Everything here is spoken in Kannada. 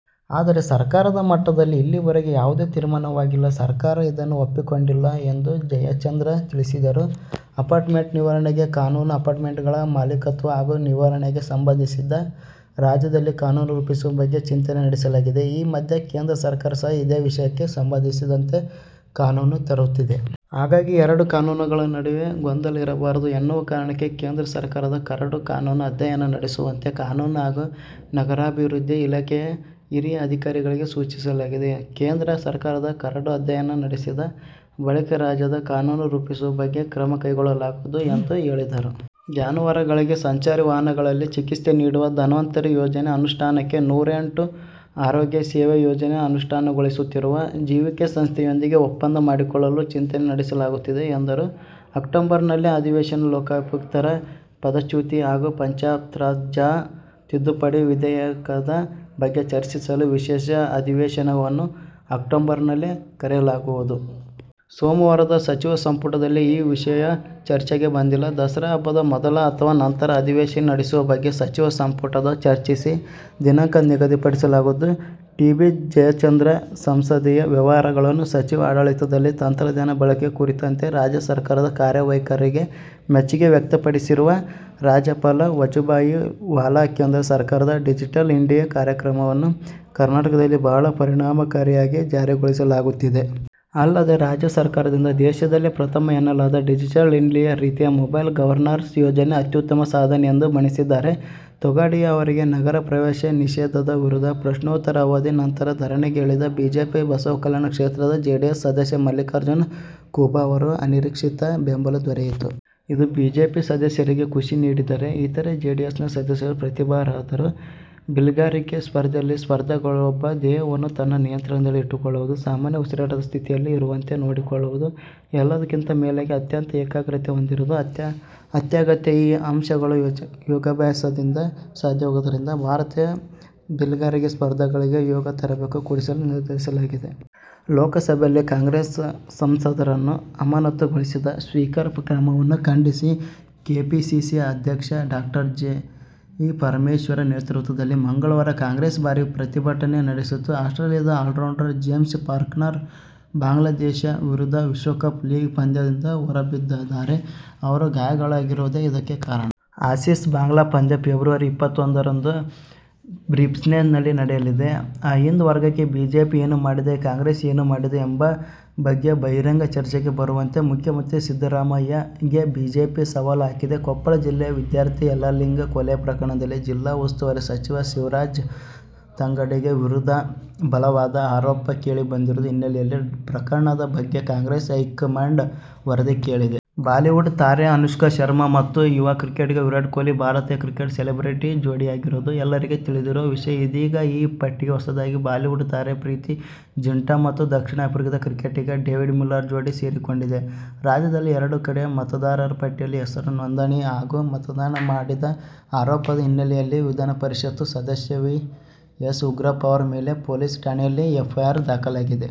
ಆದರೆ, ಸರ್ಕಾರದ ಮಟ್ಟದಲ್ಲಿ ಇಲ್ಲಿವರೆಗೆ ಯಾವುದೇ ತೀರ್ಮಾನವಾಗಿಲ್ಲ. ಸರ್ಕಾರ ಇದನ್ನು ಒಪ್ಪಿಕೊಂಡಿಲ್ಲ ಎಂದು ಜಯಚಂದ್ರ ತಿಳಿಸಿದರು. ಅಪಾರ್ಟ್ಮೆಂಟ್ ನಿರ್ವಹಣೆ ಕಾನೂನು:ಅಪಾರ್ಟ್ಮೆಂಟ್ಗಳ ಮಾಲೀಕತ್ವ ಹಾಗೂ ನಿರ್ವಹಣೆಗೆ ಸಂಬಂಧಿಸಿದಂತೆ ರಾಜ್ಯದಲ್ಲಿ ಕಾನೂನು ರೂಪಿಸುವ ಬಗ್ಗೆ ಚಿಂತನೆ ನಡೆಸಲಾಗಿದೆ. ಈ ಮಧ್ಯೆ ಕೇಂದ್ರ ಸರ್ಕಾರ ಸಹ ಇದೇ ವಿಷಯಕ್ಕೆ ಸಂಬಂಧಿಸಿದಂತೆ ಕಾನೂನು ತರುತ್ತಿದೆ. ಹಾಗಾಗಿ ಎರಡೂ ಕಾನೂನುಗಳ ನಡುವೆ ಗೊಂದಲ ಇರಬಾರದು ಎನ್ನುವ ಕಾರಣಕ್ಕೆ ಕೇಂದ್ರ ಸರ್ಕಾರದ ಕರಡು ಕಾನೂನು ಅಧ್ಯಯನ ನಡೆಸುವಂತೆ ಕಾನೂನು ಹಾಗೂ ನಗರಾಭಿವೃದ್ಧಿ ಇಲಾಖೆ ಹಿರಿಯ ಅಧಿಕಾರಿಗಳಿಗೆ ಸೂಚಿಸಲಾಗಿದೆ. ಕೇಂದ್ರ ಸರ್ಕಾರದ ಕರಡು ಅಧ್ಯಯನ ನಡೆಸಿದ ಬಳಿಕ ರಾಜ್ಯದ ಕಾನೂನು ರೂಪಿಸುವ ಬಗ್ಗೆ ಕ್ರಮ ಕೈಗೊಳ್ಳಲಾಗುವುದು ಎಂದು ಹೇಳಿದರು. ಜಾನುವಾರುಗಳಿಗೆ ಸಂಚಾರಿ ವಾಹನಗಳಲ್ಲಿ ಚಿಕಿತ್ಸೆ ನೀಡುವ "ಧನ್ವಂತರಿ' ಯೋಜನೆ ಅನುಷ್ಠಾನಕ್ಕೆ ನೂರ ಎಂಟು ಆರೋಗ್ಯ ಸೇವೆ ಯೋಜನೆ ಅನುಷ್ಠಾನಗೊಳಿಸುತ್ತಿರುವ ಜಿವಿಕೆ ಸಂಸ್ಥೆಯೊಂದಿಗೆ ಒಪ್ಪಂದ ಮಾಡಿಕೊಳ್ಳಲು ಚಿಂತನೆ ನಡೆಸಲಾಗುತ್ತಿದೆ ಎಂದರು. ಅಕ್ಟೋಬರ್ನಲ್ಲೇ ಅಧಿವೇಶನಲೋಕಾಯುಕ್ತರ ಪದಚ್ಯುತಿ ಹಾಗೂ ಪಂಚಾಯತ್ರಾಜ್ ತಿದ್ದುಪಡಿ ವಿಧೇಯಕದ ಬಗ್ಗೆ ಚರ್ಚಿಸಲು ವಿಶೇಷ ಅಧಿವೇಶನವನ್ನು ಅಕ್ಟೋಬರ್ನಲ್ಲೇ ಕರೆಯಲಾಗುವುದು. ಸೋಮವಾರದ ಸಚಿವ ಸಂಪುಟದಲ್ಲಿ ಈ ವಿಷಯ ಚರ್ಚೆಗೆ ಬಂದಿಲ್ಲ. ದಸರಾ ಹಬ್ಬದ ಮೊದಲು ಅಥವಾ ನಂತರ ಅಧಿವೇಶನ ನಡೆಸುವ ಬಗ್ಗೆ ಸಚಿವ ಸಂಪುಟದಲ್ಲಿ ಚರ್ಚಿಸಿ ದಿನಾಂಕ ನಿಗದಿಪಡಿಸಲಾಗುವುದು. ಟಿ. ಬಿ. ಜಯಚಂದ್ರ, ಸಂಸದೀಯ ವ್ಯವಹಾರಗಳ ಸಚಿವ ಆಡಳಿತದಲ್ಲಿ ತಂತ್ರಜ್ಞಾನ ಬಳಕೆ ಕುರಿತಂತೆ ರಾಜ್ಯ ಸರಕಾರದ ಕಾರ್ಯವೈಖರಿಗೆ ಮೆಚ್ಚುಗೆ ವ್ಯಕ್ತಪಡಿಸಿರುವ ರಾಜ್ಯಪಾಲ ವಜುಭಾಯಿ ವಾಲಾ, ಕೇಂದ್ರ ಸರಕಾರದ ಡಿಜಿಟಲ್ ಇಂಡಿಯಾ' ಕಾರ್ಯಕ್ರಮವನ್ನು ಕರ್ನಾಟಕದಲ್ಲಿ ಬಹಳ ಪರಿಣಾಮಕಾರಿಯಾಗಿ ಜಾರಿಗೊಳಿಸಲಾಗುತ್ತಿದೆ. ಅಲ್ಲದೆ, ರಾಜ್ಯ ಸರಕಾರದಿಂದ ದೇಶದಲ್ಲೇ ಪ್ರಥಮ ಎನ್ನಲಾದ ಡಿಜಿಟಲ್ ಇಂಡಿಯಾ ರೀತಿಯ ಮೊಬೈಲ್ ಗವರ್ನನ್ಸ್' ಯೋಜನೆ ಅತ್ಯುತ್ತಮ ಸಾಧನೆ ಎಂದು ಬಣ್ಣಿಸಿದ್ದಾರೆ. ತೊಗಾಡಿಯಾ ಅವರಿಗೆ ನಗರ ಪ್ರವೇಶ ನಿಷೇಧದ ವಿರುದ್ಧ ಪ್ರಶ್ನೋತ್ತರ ಅವಧಿ ನಂತರ ಧರಣಿಗೆ ಇಳಿದ ಬಿಜೆಪಿಗೆ ಬಸವಕಲ್ಯಾಣ ಕ್ಷೇತ್ರದ ಜೆಡಿಎಸ್ ಸದಸ್ಯ ಮಲ್ಲಿಕಾರ್ಜುನ ಖೂಬಾ ಅವರ ಅನಿರೀಕ್ಷಿತ ಬೆಂಬಲ ದೊರೆಯಿತು. ಇದು ಬಿಜೆಪಿ ಸದಸ್ಯರಿಗೆ ಖುಷಿ ನೀಡಿದರೆ, ಇತರೆ, ಜೆಡಿಎಸ್ನ ಸದಸ್ಯರು ಅಪ್ರತಿಭರಾದರು. ಬಿಲ್ಗಾರಿಕೆ ಸ್ಪರ್ಧೆಯಲ್ಲಿ ಸ್ಪರ್ಧಾಳುವೊಬ್ಬ ದೇಹವನ್ನು ತನ್ನ ನಿಯಂತ್ರಣದಲ್ಲಿ ಇಟ್ಟುಕೊಳ್ಳುವುದು, ಸಾಮಾನ್ಯ ಉಸಿರಾಟದ ಸ್ಥಿತಿಯಲ್ಲಿ ಇರುವಂತೆ ನೋಡಿಕೊಳ್ಳುವುದು ಎಲ್ಲದಕ್ಕಿಂತ ಮೇಲಾಗಿ ಅತ್ಯಂತ ಏಕಾಗ್ರತೆ ಹೊಂದಿರುವುದು ಅತ್ಯಗತ್ಯ. ಈ ಎಲ್ಲಾ ಅಂಶಗಳು ಯೋಗಾಭ್ಯಾಸದಿಂದ ಸಾಧ್ಯವಾಗುವುದರಿಂದ, ಭಾರತೀಯ ಬಿಲ್ಗಾರಿಕೆ ಸ್ಪರ್ಧಾಗಳುಗಳಿಗೆ ಯೋಗ ತರಬೇತಿ ಕೊಡಿಸಲು ನಿರ್ಧರಿಸಲಾಗಿದೆ. ಲೋಕಸಭೆಯಲ್ಲಿ ಕಾಂಗ್ರೆಸ್ ಸಂಸದರನ್ನು ಅಮಾನತು ಗೊಳಿಸಿದ ಸ್ಪೀಕರ್ ಕ್ರಮವನ್ನು ಖಂಡಿಸಿ ಕೆಪಿಸಿಸಿ ಅಧ್ಯಕ್ಷ ಡಾ. ಜಿ. ಪರಮೇಶ್ವರ್ ನೇತೃತ್ವದಲ್ಲಿ ಮಂಗಳವಾರ ಕಾಂಗ್ರೆಸ್ ಭಾರಿ ಪ್ರತಿಭಟನೆ ನಡೆಸಿತು. ಆಸ್ಟ್ರೇಲಿಯದ ಆಲ್ರೌಂಡರ್ ಜೇಮ್ಸ್ ಫಾಕ್ನರ್ ಬಾಂಗ್ಲಾದೇಶ ವಿರುದ್ಧದ ವಿಶ್ವಕಪ್ ಲೀಗ್ ಪಂದ್ಯದಿಂದ ಹೊರಬಿದ್ದಿದ್ದಾರೆ. ಅವರು ಗಾಯಾಳಾಗಿರುವುದೇ ಇದಕ್ಕೆ ಕಾರಣ. ಆಸೀಸ್-ಬಾಂಗ್ಲಾ ಪಂದ್ಯ ಫೆಬ್ರವರಿ ಇಪ್ಪತ್ತೊಂದರಂದು ಬ್ರಿಸ್ಬೇನ್ನಲ್ಲಿ ನಡೆಯಲಿದೆ. ಅಹಿಂದ ವರ್ಗಕ್ಕೆ ಬಿಜೆಪಿ ಏನು ಮಾಡಿದೆ, ಕಾಂಗ್ರೆಸ್ ಏನು ಮಾಡಿದೆ ಎಂಬ ಬಗ್ಗೆ ಬಹಿರಂಗ ಚರ್ಚೆಗೆ ಬರುವಂತೆ ಮುಖ್ಯಮಂತ್ರಿ ಸಿದ್ದರಾಮಯ್ಯ ಗೆ ಬಿಜೆಪಿ ಸವಾಲು ಹಾಕಿದೆ. ಕೊಪ್ಪಳ ಜಿಲ್ಲೆಯ ವಿದ್ಯಾರ್ಥಿ ಯಲ್ಲಾಲಿಂಗನ ಕೊಲೆ ಪ್ರಕರಣದಲ್ಲಿ ಜಿಲ್ಲಾ ಉಸ್ತುವಾರಿ ಸಚಿವ ಶಿವರಾಜ್ ತಂಗಡಗಿ ವಿರುದ್ಧ ಬಲ ವಾದ ಆರೋಪ ಕೇಳಿ ಬಂದಿರುವ ಹಿನ್ನೆಲೆಯಲ್ಲಿ ಪ್ರಕರಣದ ಬಗ್ಗೆ ಕಾಂಗ್ರೆಸ್ ಹೈಕಮಾಂಡ್ ವರದಿ ಕೇಳಿದೆ. ಬಾಲಿವುಡ್ ತಾರೆ ಅನುಷ್ಕಾ ಶರ್ಮಾ ಮತ್ತು ಯುವ ಕ್ರಿಕೆಟಿಗ ವಿರಾಟ್ ಕೊಹ್ಲಿ ಭಾರತೀಯ ಕ್ರಿಕೆಟ್ ಸೆಲೆಬ್ರಿಟಿ ಜೋಡಿಯಾಗಿರುವುದು ಎಲ್ಲರಿಗೂ ತಿಳಿದಿರುವ ವಿಷಯ. ಇದೀಗ ಈ ಪಟ್ಟಿಗೆ ಹೊಸದಾಗಿ ಬಾಲಿವುಡ್ ತಾರೆ ಪ್ರೀತಿ ಝಿಂಟಾ ಮತ್ತು ದಕ್ಷಿಣ ಆಫ್ರಿಕ ಕ್ರಿಕೆಟಿಗ ಡೇವಿಡ್ ಮಿಲ್ಲರ್ ಜೋಡಿ ಸೇರಿಕೊಂಡಿದೆಯೇ. ರಾಜ್ಯದಲ್ಲಿ ಎರಡು ಕಡೆ ಮತದಾರರ ಪಟ್ಟಿಯಲ್ಲಿ ಹೆಸರು ನೋಂದಣಿ ಹಾಗೂ ಮತದಾನ ಮಾಡಿದ ಆರೋಪದ ಹಿನ್ನೆಲೆಯಲ್ಲಿ ವಿಧಾನಪರಿಷತ್ ಸದಸ್ಯ ವಿ. ಎಸ್. ಉಗ್ರಪ್ಪ ಅವರ ಮೇಲೆ ಪೊಲೀಸ್ ಠಾಣೆಯಲ್ಲಿ ಎಫ್ಐಆರ್ ದಾಖಲಾಗಿದೆ.